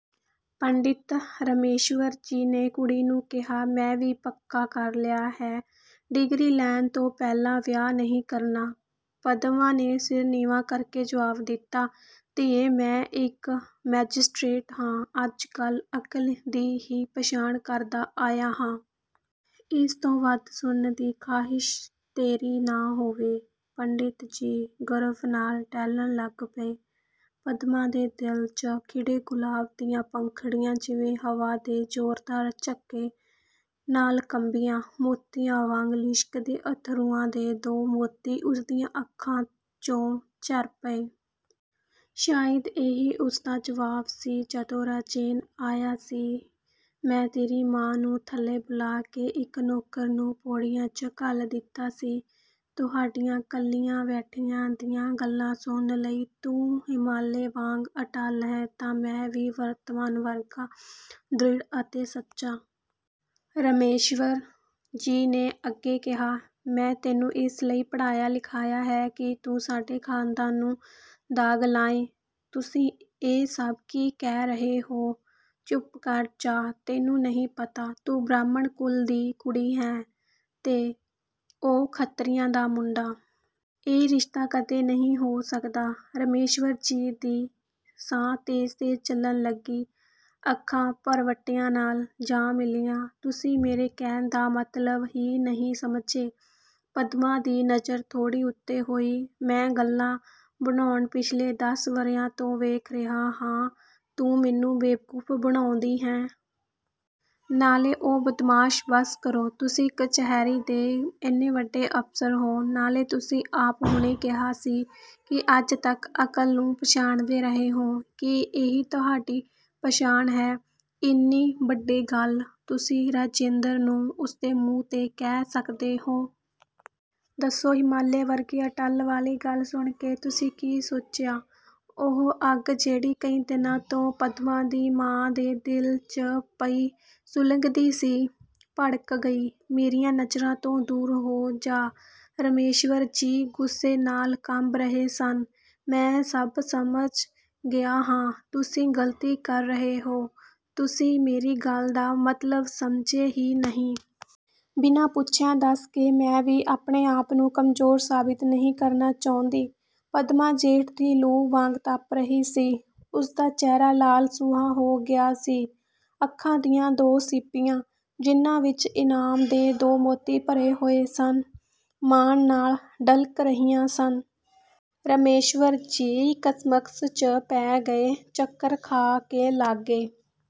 ਪੰਡਿਤ ਰਾਮੇਸ਼੍ਵਰ ਜੀ ਨੇ ਕੁੜੀ ਨੂੰ ਕਿਹਾ, "ਮੈਂ ਵੀ ਪੱਕਾ ਕਰ ਲਿਆ ਹੈ, ਡਿਗਰੀ ਲੈਣ ਤੋਂ ਪਹਿਲਾਂ ਵਿਆਹ ਨਹੀਂ ਕਰਨਾ।" ਪਦਮਾ ਨੇ ਸਿਰ ਨੀਵਾਂ ਕਰਕੇ ਜਵਾਬ ਦਿੱਤਾ। "ਧੀਏ, ਮੈਂ ਇੱਕ ਮੈਜਿਸਟ੍ਰੇਟ ਹਾਂ, ਅੱਜ ਤੱਕ ਅਕਲ ਦੀ ਹੀ ਪਛਾਣ ਕਰਦਾ ਆਇਆ ਹਾਂ। ਇਸ ਤੋਂ ਵੱਧ ਸੁਣਨ ਦੀ ਖ਼ਾਹਿਸ਼ ਤੇਰੀ ਨਾ ਹੋਵੇ," ਪੰਡਿਤ ਜੀ ਗਰਵ ਨਾਲ਼ ਟਹਿਲਣ ਲੱਗ ਪਏ। ਪਦਮਾ ਦੇ ਦਿਲ 'ਚ ਖਿੜੇ ਗੁਲਾਬ ਦੀਆਂ ਪੰਖੜੀਆਂ ਜਿਵੇਂ ਹਵਾ ਦੇ ਜ਼ੋਰਦਾਰ ਝੋਂਕੇ ਨਾਲ਼ ਕੰਬੀਆਂ, ਮੋਤੀਆਂ ਵਾਂਗ ਲਿਸ਼ਕਦੇ ਅਥਰੂਆਂ ਦੇ ਦੋ ਮੋਤੀ ਉਸਦੀਆਂ ਅੱਖਾਂ 'ਚੋਂ ਝਰ ਪਏ। ਸ਼ਾਇਦ ਇਹੀ ਉਸਦਾ ਜਵਾਬ ਸੀ! "ਜਦੋਂ ਰਾਜੇਨ ਆਇਆ ਸੀ ਮੈਂ ਤੇਰੀ ਮਾਂ ਨੂੰ ਥੱਲੇ ਬੁਲਾ ਕੇ ਇੱਕ ਨੌਕਰ ਨੂੰ ਪੌੜੀਆਂ 'ਚ ਘੱਲ ਦਿੱਤਾ ਸੀ, ਤੁਹਾਡੀਆਂ ਕੱਲੀਆਂ ਬੈਠਿਆਂ ਦੀਆਂ ਗੱਲਾਂ ਸੁਣਨ ਲਈ। ਤੂੰ ਹਿਮਾਲੇ ਵਾਂਗ ਅਟੱਲ ਹੈਂ ਤਾਂ ਮੈਂ ਵੀ ਵਰਤਮਾਨ ਵਰਗਾ ਦ੍ਰਿੜ੍ਹ ਅਤੇ ਸੱਚਾ।" ਰਾਮੇਸ਼੍ਵਰ ਜੀ ਨੇ ਅੱਗੇ ਕਿਹਾ, "ਮੈਂ ਤੈਨੂੰ ਇਸ ਲਈ ਪੜ੍ਹਾਇਆ-ਲਿਖਾਇਆ ਹੈ ਕਿ ਤੂੰ ਸਾਡੇ ਖਾਨਦਾਨ ਨੂੰ ਦਾਗ ਲਾਏਂ?" "ਤੁਸੀਂ ਇਹ ਸਭ ਕੀ ਕਹਿ ਰਹੇ ਹੋ?" "ਚੁੱਪ ਕਰ ਜਾ! ਤੈਨੂੰ ਨਹੀਂ ਪਤਾ? ਤੂੰ ਬ੍ਰਾਹਮਣ ਕੁਲ ਦੀ ਕੁੜੀ ਹੈਂ 'ਤੇ ਉਹ ਖੱਤਰੀਆਂ ਦਾ ਮੁੰਡਾ। ਇਹ ਰਿਸ਼ਤਾ ਕਦੇ ਨਹੀਂ ਹੋ ਸਕਦਾ!" ਰਾਮੇਸ਼੍ਵਰ ਜੀ ਦੀ ਸਾਹ ਤੇਜ਼-ਤੇਜ਼ ਚੱਲਣ ਲੱਗੀ, ਅੱਖਾਂ ਭਰਵੱਟਿਆਂ ਨਾਲ਼ ਜਾ ਮਿਲੀਆਂ। "ਤੁਸੀਂ ਮੇਰੇ ਕਹਿਣ ਦਾ ਮਤਲਬ ਹੀ ਨਹੀਂ ਸਮਝੇ।" ਪਦਮਾ ਦੀ ਨਜ਼ਰ ਥੋੜ੍ਹੀ ਉੱਤੇ ਹੋਈ। "ਮੈਂ ਗੱਲਾਂ ਬਣਾਉਣ ਪਿੱਛਲੇ ਦੱਸ ਵਰ੍ਹਿਆਂ ਤੋਂ ਵੇਖ ਰਿਹਾ ਹਾਂ, ਤੂੰ ਮੈਨੂੰ ਬੇਵਕੂਫ਼ ਬਣਾਉਂਦੀ ਹੈਂ? ਨਾਲੇ ਉਹ ਬਦਮਾਸ਼" "ਬੱਸ ਕਰੋ, ਤੁਸੀਂ ਕਚਹਿਰੀ ਦੇ ਇੰਨੇ ਵੱਡੇ ਅਫ਼ਸਰ ਹੋ। ਨਾਲੇ ਤੁਸੀਂ ਆਪ ਹੁਣੇ ਕਿਹਾ ਸੀ ਕਿ ਅੱਜ ਤੱਕ ਅਕਲ ਨੂੰ ਪਛਾਣਦੇ ਰਹੇ ਹੋ, ਕੀ ਇਹੀ ਤੁਹਾਡੀ ਪਛਾਣ ਹੈ? ਇੰਨੀ ਵੱਡੀ ਗੱਲ ਤੁਸੀਂ ਰਾਜੇਂਦਰ ਨੂੰ, ਉਸਦੇ ਮੂੰਹ 'ਤੇ ਕਹਿ ਸਕਦੇ ਹੋ? ਦੱਸੋ! ਹਿਮਾਲੇ ਵਰਗੀ ਅਟੱਲ ਵਾਲੀ ਗੱਲ ਸੁਣ ਕੇ ਤੁਸੀਂ ਕੀ ਸੋਚਿਆ?" ਉਹ ਅੱਗ ਜਿਹੜੀ ਕਈ ਦਿਨਾਂ ਤੋਂ ਪਦਮਾ ਦੀ ਮਾਂ ਦੇ ਦਿਲ 'ਚ ਪਈ ਸੁਲਗਦੀ ਸੀ, ਭੜਕ ਗਈ! "ਮੇਰੀਆਂ ਨਜ਼ਰਾਂ ਤੋਂ ਦੂਰ ਹੋ ਜਾ," ਰਾਮੇਸ਼੍ਵਰ ਜੀ ਗੁੱਸੇ ਨਾਲ਼ ਕੰਬ ਰਹੇ ਸਨ, "ਮੈਂ ਸਭ ਸਮਝ ਗਿਆ ਹਾ" "ਤੁਸੀਂ ਗ਼ਲਤੀ ਕਰ ਰਹੇ ਹੋ, ਤੁਸੀਂ ਮੇਰੀ ਗੱਲ ਦਾ ਮਤਲਬ ਸਮਝੇ ਹੀ ਨਹੀਂ। ਬਿਨਾ ਪੁੱਛਿਆਂ ਦੱਸ ਕੇ ਮੈਂ ਵੀ ਆਪਣੇ-ਆਪ ਨੂੰ ਕਮਜ਼ੋਰ ਸਾਬਿਤ ਨਹੀਂ ਕਰਨਾ ਚਾਹੁੰਦੀ।" ਪਦਮਾ ਜੇਠ ਦੀ ਲੂ ਵਾਂਗ ਤੱਪ ਰਹੀ ਸੀ, ਉਸਦਾ ਚਿਹਰਾ ਲਾਲ-ਸੂਹਾ ਹੋ ਗਿਆ ਸੀ। ਅੱਖਾਂ ਦੀਆਂ ਦੋ ਸੀਪੀਆਂ, ਜਿਨ੍ਹਾਂ ਵਿੱਚ ਇਨਾਮ ਦੇ ਦੋ ਮੋਤੀ ਭਰੇ ਹੋਏ ਸਨ, ਮਾਣ ਨਾਲ਼ ਡਲ੍ਹਕ ਰਹੀਆਂ ਸਨ! ਰਾਮੇਸ਼੍ਵਰ ਜੀ ਕਸਮਕਸ 'ਚ ਪੈ ਗਏ। ਚੱਕਰ ਖਾ ਕੇ ਲਾਗੇ